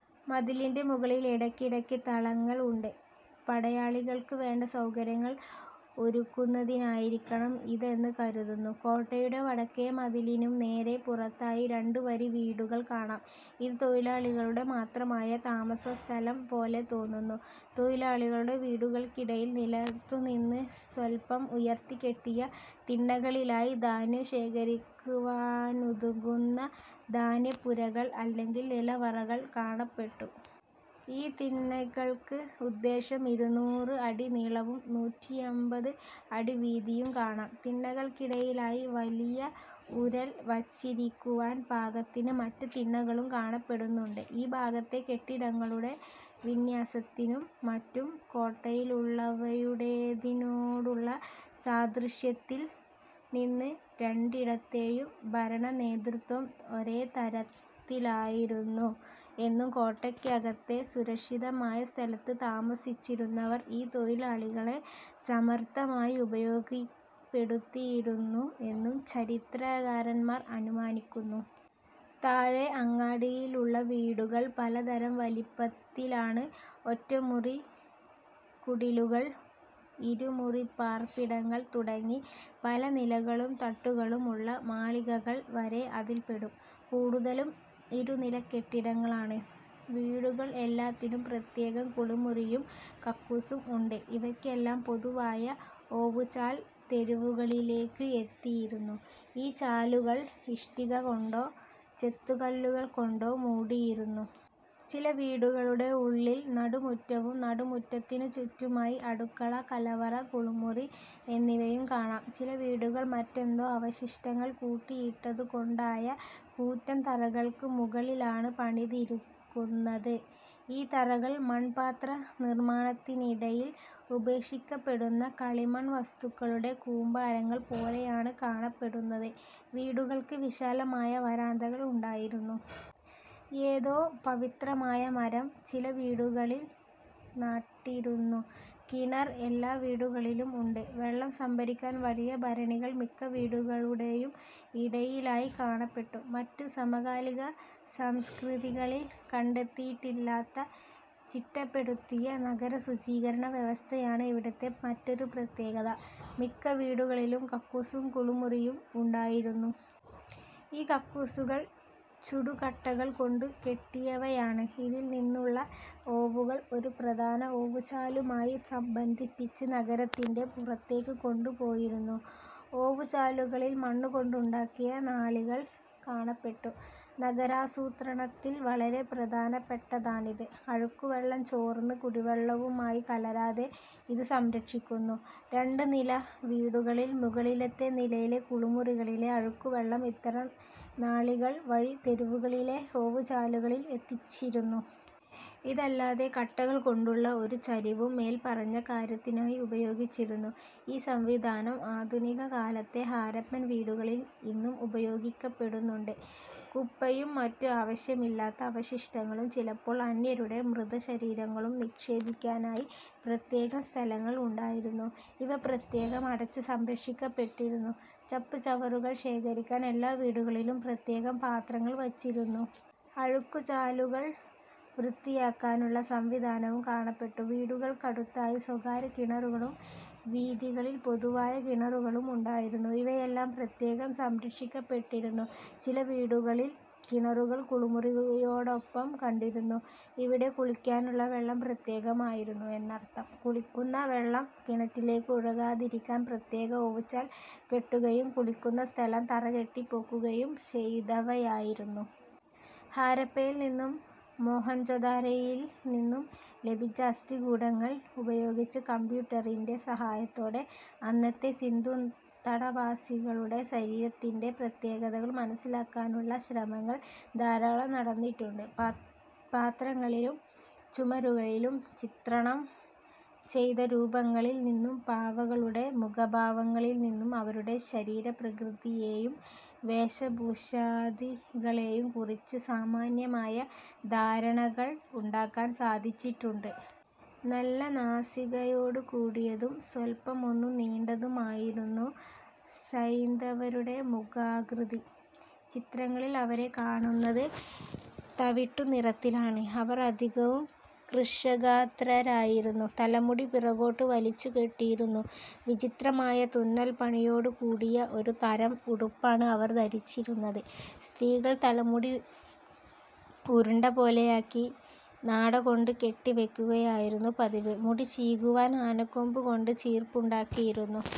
മതിലിൻ്റെ മുകളിൽ ഇടയ്ക്കിടക്ക് തളങ്ങൾ ഉണ്ട്. പടയാളികൾക്ക് വേണ്ട സൗകര്യങ്ങൾ ഒരുക്കുന്നതിനായിരിക്കണം ഇതെന്ന് കരുതുന്നു. കോട്ടയുടെ വടക്കേ മതിലിനും നേരെ പുറത്തായി രണ്ടു വരി വീടുകൾ കാണാം. ഇത് തൊഴിലാളികളുടെ മാത്രമായ താമസസ്ഥലം പോലെ തോന്നുന്നു. തൊഴിലാളികളുടെ വീടുകൾക്കിടയിൽ നിലത്തുനിന്ന് സ്വല്പം ഉയർത്തിക്കെട്ടിയ തിണ്ണകളിലായി ധാന്യം ശേഖരിക്കുവാനുതകുന്ന ധാന്യപ്പുരകൾ അല്ലെങ്കിൽ നിലവറകൾ കാണപ്പെട്ടു. ഈ തിണ്ണകൾക്ക് ഉദ്ദേശം ഇരുന്നൂറ് അടി നീളവും നൂറ്റിയമ്പത് അടി വീതിയും കാണാം. തിണ്ണകൾക്കിടയിലായി വലിയ ഉരൽ വച്ചിരിക്കുവാൻ പാകത്തിന് മറ്റു തിണ്ണകളും കാണപ്പെടുന്നുണ്ട്. ഈ ഭാഗത്തെ കെട്ടിടങ്ങളുടെ വിന്യാസത്തിനും മറ്റും കോട്ടയിലുള്ളവയുടേതിനോടുള്ള സാദൃശ്യത്തിൽ നിന്ന് രണ്ടിടത്തെയും ഭരണനേതൃത്വം ഒരേ തരത്തിലായിരുന്നു എന്നും കോട്ടയ്ക്കകത്തെ സുരക്ഷിതമായ സ്ഥലത്ത് താമസിച്ചിരുന്നവർ ഈ തൊഴിലാളികളെ സമർത്ഥമായി ഉപയോഗപ്പെടുത്തിയിരുന്നു എന്നും ചരിത്രകാരന്മാർ അനുമാനിക്കുന്നു. താഴെ അങ്ങാടിയിലുള്ള വീടുകൾ പലതരം വലിപ്പത്തിലാണ്. ഒറ്റമുറിക്കുടിലുകൾ, ഇരുമുറിപ്പാർപ്പിടങ്ങൾ തുടങ്ങി പല നിലകളും തട്ടുകളും ഉള്ള മാളികകൾ വരെ അതിൽപ്പെടും. കൂടുതലും ഇരുനിലക്കെട്ടിടങ്ങളാണ്. വീടുകൾ എല്ലാത്തിനും പ്രത്യേകം കുളിമുറിയും കക്കൂസും ഉണ്ട്. ഇവയ്ക്കെല്ലാം പൊതുവായ ഓവുചാൽ തെരുവുകളിലേയ്ക്ക് എത്തിയിരുന്നു. ഈ ചാലുകൾ ഇഷ്ടികകൊണ്ടോ ചെത്തുകല്ലുകൾകൊണ്ടോ മൂടിയിരുന്നു. ചില വീടുകളുടെ ഉള്ളിൽ നടുമുറ്റവും നടുമുറ്റത്തിനു ചുറ്റുമായി അടുക്കള, കലവറ, കുളിമുറി എന്നിവയും കാണാം. ചില വീടുകൾ മറ്റെന്തോ അവശിഷ്ടങ്ങൾ കൂട്ടിയിട്ടതുകൊണ്ടുണ്ടായ കൂറ്റൻ തറകൾക്ക് മുകളിലാണ് പണിതിരിക്കുന്നത്. ഈ തറകൾ മൺപാത്രനിർമ്മാണത്തിനിടയിൽ ഉപേക്ഷിക്കപ്പെടുന്ന കളിമൺ വസ്തുക്കളുടെ കൂമ്പാരങ്ങൾ പോലെയാണ് കാണപ്പെടുന്നത്. വീടുകൾക്ക് വിശാലമായ വരാന്തകൾ ഉണ്ടായിരുന്നു. ഏതോ പവിത്രമായ മരം ചില വീടുകളിൽ നട്ടിരുന്നു. കിണർ എല്ലാ വീടുകളിലും ഉണ്ട്. വെള്ളം സംഭരിക്കാൻ വലിയ സംഭരണികൾ മിക്ക വീടുകളുടേയും ഇടയിലായി കാണപ്പെട്ടു. മറ്റ് സമകാലിക സംസ്കൃതികളിൽ കണ്ടെത്തിയിട്ടില്ലാത്ത ചിട്ടപ്പെടുത്തിയ നഗരശുചീകരണ വ്യവസ്ഥയാണ് ഇവിടത്തെ മറ്റൊരു പ്രത്യേകത. മിക്ക വീടുകളിലും കക്കൂസും കുളിമുറിയും ഉണ്ടായിരുന്നു. ഈ കക്കൂസുകൾ ചുടുകട്ടകൾ കൊണ്ട് കെട്ടിയവയാണ്. ഇതിൽ നിന്നുള്ള ഓവുകൾ ഒരു പ്രധാന ഓവുചാലുമായി സംബന്ധിപ്പിച്ച് നഗരത്തിൻ്റെ പുറത്തേയ്ക്ക് കൊണ്ടുപോയിരുന്നു. ഓവുചാലുകളിൽ മണ്ണുകൊണ്ടുണ്ടാക്കിയ നാളികൾ കാണപ്പെട്ടു. നഗരാസൂത്രണത്തിൽ വളരെ പ്രധാനപ്പെട്ടതാണിത്. അഴുക്കുവെള്ളം ചോർന്ന് കുടിവെള്ളവുമായി കലരാതെ ഇത് സംരക്ഷിക്കുന്നു. രണ്ടു നില വീടുകളിൽ മുകളിലത്തെ നിലയിലെ കുളിമുറികളിലെ അഴുക്കുവെള്ളം ഇത്തരം നാളികൾ വഴി തെരുവുകളിലെ ഓവുചാലുകളിൽ എത്തിച്ചിരുന്നു. ഇതല്ലാതെ കട്ടകൾ കൊണ്ടുള്ള ഒരു ചരിവും മേൽപ്പറഞ്ഞ കാര്യത്തിനായി ഉപയോഗിച്ചിരുന്നു. ഈ സംവിധാനം ആധുനികകാലത്തെ ഹാരപ്പൻ വീടുകളിൽ ഇന്നും ഉപയോഗിക്കപ്പെടുന്നുണ്ട്. കുപ്പയും മറ്റു ആവശ്യമില്ലാത്ത അവശിഷ്ടങ്ങളും ചിലപ്പോൾ അന്യരുടെ മൃതശരീരങ്ങളും നിക്ഷേപിക്കാനായി പ്രത്യേകം സ്ഥലങ്ങൾ ഉണ്ടായിരുന്നു. ഇവ പ്രത്യേകം അടച്ച് സംരക്ഷിക്കപ്പെട്ടിരുന്നു. ചപ്പുചവറുകൾ ശേഖരിക്കാൻ എല്ലാ വീടുകളിലും പ്രത്യേകം പാത്രങ്ങൾ വച്ചിരുന്നു. അഴുക്കുചാലുകൾ വൃത്തിയാക്കാനുള്ള സംവിധാനവും കാണപ്പെട്ടു. വീടുകൾക്കടുത്തായി സ്വകാര്യ കിണറുകളും, വീഥികളിൽ പൊതുവായ കിണറുകളും ഉണ്ടായിരുന്നു. ഇവയെല്ലാം പ്രത്യേകം സംരക്ഷിക്കപ്പെട്ടിരുന്നു. ചില വീടുകളിൽ കിണറുകൾ കുളിമുറിയോടൊപ്പം കണ്ടിരുന്നു. ഇവിടെ കുളിക്കാനുള്ള വെള്ളം പ്രത്യേകം ആയിരുന്നു എന്നർത്ഥം. കുളിക്കുന്ന വെള്ളം കിണറ്റിലേയ്ക്ക് ഒഴുകാതിരിക്കാൻ പ്രത്യേക ഓവുചാൽ കെട്ടുകയും കുളിക്കുന്ന സ്ഥലം തറകെട്ടി പൊക്കുകയും ചെയ്തവയായിരുന്നു. ഹരപ്പയിൽ നിന്നും മൊഹൻജൊദാരോയിൽ നിന്നും ലഭിച്ച അസ്ഥികൂടങ്ങൾ ഉപയോഗിച്ച് കമ്പ്യൂട്ടറിൻ്റെ സഹായത്തോടെ അന്നത്തെ സിന്ധുതടവാസികളുടെ ശരീരത്തിൻ്റെ പ്രത്യേകതകൾ മനസ്സിലാക്കാനുള്ള ശ്രമങ്ങൾ ധാരാളം നടന്നിട്ടുണ്ട്. പാത്രങ്ങളിലും ചുമരുകളിലും ചിത്രണം ചെയ്ത രൂപങ്ങളിൽ നിന്നും പാവകളുടെ മുഖഭാവങ്ങളിൽ നിന്നും അവരുടെ ശരീരപ്രകൃതിയേയും വേഷഭൂഷാദികളേയും കുറിച്ച് സാമാന്യമായ ധാരണകൾ ഉണ്ടാക്കാൻ സാധിച്ചിട്ടുണ്ട്. നല്ല നാസികയോടുകൂടിയതും സ്വല്പമൊന്നു നീണ്ടതുമായിരുന്നു സൈന്ധവരുടെ മുഖാകൃതി. ചിത്രങ്ങളിൽ അവരെ കാണുന്നത് തവിട്ടുനിറത്തിലാണ്. അവർ അധികവും കൃശഗാത്രരായിരുന്നു. തലമുടി പിറകോട്ട് വലിച്ചു കെട്ടിയിരുന്നു. വിചിത്രമായ തുന്നൽപ്പണിയോടുകൂടിയ ഒരു തരം ഉടുപ്പാണ് അവർ ധരിച്ചിരുന്നത്. സ്ത്രീകൾ തലമുടി ഒരുണ്ടപോലെയാക്കി നാടകൊണ്ട് കെട്ടിവയ്ക്കുകയായിരുന്നു പതിവ്. മുടി ചീകുവാൻ ആനക്കൊമ്പുകൊണ്ട് ചീർപ്പുണ്ടാക്കിയിരുന്നു.